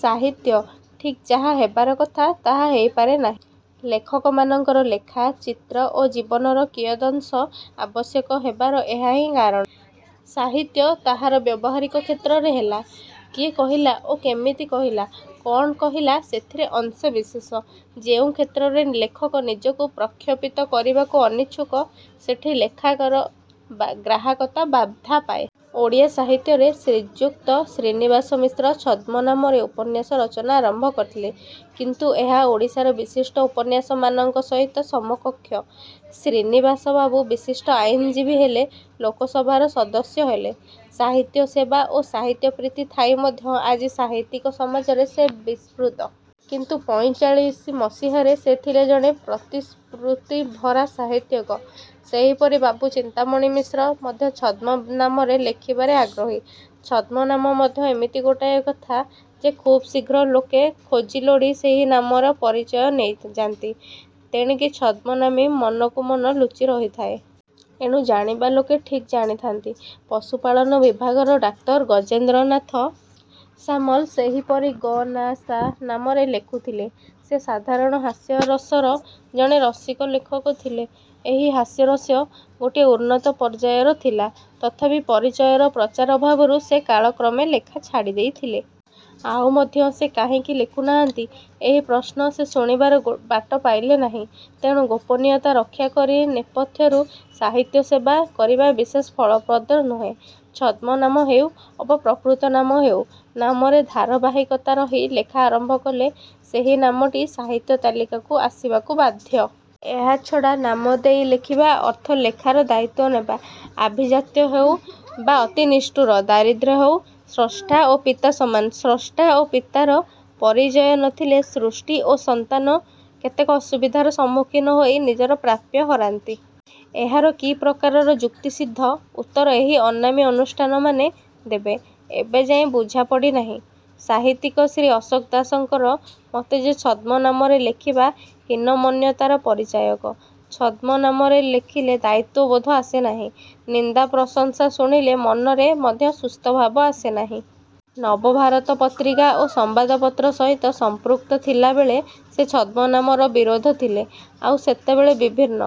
ସାହିତ୍ୟ ଠିକ୍ ଯାହା ହେବାର କଥା ତାହା ହେଇ ପାରେ ନାହିଁ। ଲେଖକମାନଙ୍କର ଲେଖା, ଚିତ୍ର ଓ ଜୀବନର କିୟଦଂଶ ଆବଶ୍ୟକ ହେବାର ଏହାହିଁ କାରଣ। ସାହିତ୍ୟ ତାହାର ବ୍ୟବହାରିକ କ୍ଷେତ୍ରରେ ହେଲା-କିଏ କହିଲା ଓ କେମିତି କହିଲା? କ'ଣ କହିଲା ସେଥିରେ ଅଂଶବିଶେଷ। ଯେଉଁ କ୍ଷେତ୍ରରେ ଲେଖକ ନିଜକୁ ପ୍ରଖ୍ୟପିତ କରିବାକୁ ଅନିଚ୍ଛୁକ ସେଠି ଲେଖାର ଗ୍ରାହକତା ବାଧା ପାଏ। ଓଡ଼ିଆ ସାହିତ୍ୟରେ ଶ୍ରୀଯୁକ୍ତ ଶ୍ରୀନିବାସ ମିଶ୍ର ଛଦ୍ମନାମରେ ଉପନ୍ୟାସ ରଚନା ଆରମ୍ଭ କରିଥିଲେ। କିନ୍ତୁ ଏହା ଓଡ଼ିଶାର ବିଶିଷ୍ଟ ଉପନ୍ୟାସମାନଙ୍କ ସହିତ ସମକକ୍ଷ। ଶ୍ରୀନିବାସବାବୁ ବିଶିଷ୍ଟ ଆଇନଜୀବୀ ହେଲେ। ଲୋକସଭାର ସଦସ୍ୟ ହେଲେ। ସାହିତ୍ୟ ସେବା ଓ ସାହିତ୍ୟ ପ୍ରୀତି ଥାଇ ମଧ୍ୟ ଆଜି ସାହିତ୍ୟିକ ସମାଜରେ ସେ ବିସ୍ମୃତ। କିନ୍ତୁ ପଇଁଚାଳିଶି ମସିହାରେ ସେ ଥିଲେ ଜଣେ ପ୍ରତିଶୃତିଭରା ସାହିତ୍ୟିକ। ସେହିପରି ବାବୁ ଚିନ୍ତାମଣି ମିଶ୍ର ମଧ୍ୟ ଛଦ୍ମ ନାମରେ ଲେଖିବାରେ ଆଗ୍ରହୀ। ଛଦ୍ମନାମ ମଧ୍ୟ ଏମିତି ଗୋଟାଏ କଥା ଯେ ଖୁବ୍ ଶୀଘ୍ର ଲୋକେ ଖୋଜିଲୋଡ଼ି ସେହି ନାମର ପରିଚୟ ନେଇଯାନ୍ତି। ତେଣିକି ଛଦ୍ମନାମୀ ମନକୁ ମନ ଲୁଚି ରହିଥାଏ। ଏଣେ ଜାଣିବା ଲୋକେ ଠିକ୍ ଜାଣିଥାନ୍ତି। ପଶୁପାଳନ ବିଭାଗର ଡାକ୍ତର ଗଜେନ୍ଦ୍ରନାଥ ସାମଲ ସେହିପରି ଗ-ନା-ସା ନାମରେ ଲେଖୁଥିଲେ। ସେ ସାଧାରଣରେ ହାସ୍ୟରସର ଜଣେ ରସିକ ଲେଖକ ଥିଲେ। ଏହି ହାସ୍ୟରସ ଗୋଟିଏ ଉନ୍ନତ ପର୍ଯ୍ୟାୟର ଥିଲା। ତଥାପି ପରିଚୟର ପ୍ରଚାର ଅଭାବରୁ ସେ କାଳକ୍ରମେ ଲେଖା ଛାଡ଼ିଦେଲେ। ଆଉ ମଧ୍ୟ ସେ କାହିଁକି ଲେଖୁ ନାହାନ୍ତି-ଏହି ପ୍ରଶ୍ନ ସେ ଶୁଣିବାର ବାଟ ପାଇଲେ ନାହିଁ। ତେଣୁ ଗୋପନୀୟତା ରକ୍ଷା କରି ନେପଥ୍ୟରୁ ସାହିତ୍ୟସେବା କରିବା ବିଶେଷ ଫଳପ୍ରଦ ନୁହେଁ। ଛଦ୍ମନାମ ହେଉ ଅବା ପ୍ରକୃତ ନାମ ହେଉ ନାମରେ ଧାରାବାହିକତା ରହି ଲେଖା ଆରମ୍ଭ କଲେ ସେହି ନାମଟି ସାହିତ୍ୟ ତାଲିକାକୁ ଆସିବାକୁ ବାଧ୍ୟ। ଏହାଛଡ଼ା ନାମ ଦେଇ ଲେଖିବା ଅର୍ଥ ଲେଖାର ଦାୟିତ୍ୱ ନେବା। ଆଭିଜାତ୍ୟ ହେଉ ବା ଅତି ନିଷ୍ଠୁର ଦାରିଦ୍ର୍ୟ ହେଉ ସ୍ରଷ୍ଟା ଓ ପିତା ସମାନ। ସ୍ରଷ୍ଟା ଓ ପିତାର ପରିଚୟ ନ ଥିଲେ ସୃଷ୍ଟି ଓ ସନ୍ତାନ କେତେକ ଅସୁବିଧାର ସମ୍ମୁଖୀନ ହୋଇ ନିଜର ପ୍ରାପ୍ୟ ହରାନ୍ତି। ଏହାର କି ପ୍ରକାରର ଯୁକ୍ତିସିଦ୍ଧ ଉତ୍ତର ଏହି ଅନାମୀ ଅନୁଷ୍ଠାନମାନେ ଦେବେ ଏବେଯାଏ ବୁଝାପଡ଼ି ନାହିଁ। ସାହିତ୍ୟିକ ଶ୍ରୀ ଅଶୋକ ଦାସଙ୍କର ମତ ଯେ ଛଦ୍ମ ନାମରେ ଲେଖିବା ହୀନମନ୍ୟତାର ପରିଚାୟକ। ଛଦ୍ମ ନାମରେ ଲେଖିଲେ ଦାୟିତ୍ୱବୋଧ ଆସେ ନାହିଁ। ନିନ୍ଦା ପ୍ରଶଂସା ଶୁଣିଲେ ମନରେ ମଧ୍ୟ ସୁସ୍ଥ ଭାବ ଆସେ ନାହିଁ। ନବଭାରତ ପତ୍ରିକା ଓ ସମ୍ୱାଦପତ୍ର ସହିତ ସଂପୃକ୍ତ ଥିଲାବେଳେ ସେ ଛଦ୍ମନାମର ବିରୋଧି ଥିଲେ। ଆଉ ସେତେବେଳେ ବିଭିନ୍ନ।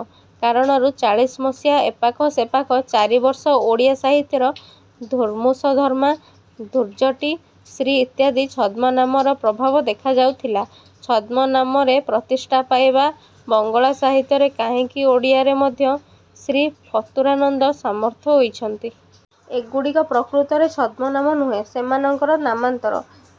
କାରଣରୁ ଚାଳିଶି ମସିହାର ଏପାଖ ସେପାଖ ଚାରିବର୍ଷ ଓଡ଼ିଆ ସାହିତ୍ୟରେ ଧୁର୍ମୁଷଧର୍ମା, ଧୁର୍ଜଟି, ଶ୍ରୀ ଇତ୍ୟାଦି ଛଦ୍ମନାମର ପ୍ରଭାବ ଦେଖା ଯାଉଥିଲା। ଛଦ୍ମ ନାମରେ ପ୍ରତିଷ୍ଠା ପାଇବା ବଙ୍ଗଳା ସାହିତ୍ୟରେ କାହିଁକି ଓଡ଼ିଆରେ ମଧ୍ୟ ଶ୍ରୀ ଫତୁରାନନ୍ଦ ସମର୍ଥ ହୋଇଛନ୍ତି। ଏଗୁଡ଼ିକ ପ୍ରକୃତରେ ଛଦ୍ମନାମ ନୁହେଁ-ସେମାନଙ୍କର ନାମାନ୍ତର।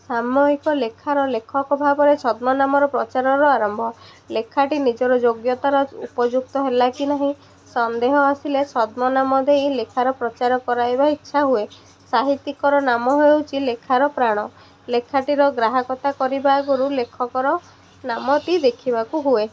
ସାମୟିକ ଲେଖାର ଲେଖକ ଭାବରେ ଛଦ୍ମ ନାମର ପ୍ରଚାରର ଆରମ୍ଭ। ଲେଖାଟି ନିଜର ଯୋଗ୍ୟତାର ଉପଯୁକ୍ତ ହେଲା କି ନାହିଁ-ସନ୍ଦେହ ଆସିଲେ ଛଦ୍ମ ନାମ ଦେଇ ଲେଖାର ପ୍ରଚାର କରାଇବା ଇଚ୍ଛା ହୁଏ। ସାହିତ୍ୟିକର ନାମ ହେଉଛି ଲେଖାର ପ୍ରାଣ। ଲେଖାଟିର ଗ୍ରାହକତା କରିବା ଆଗରୁ ଲେଖକର ନାମଟି ଦେଖିବାକୁ ହୁଏ।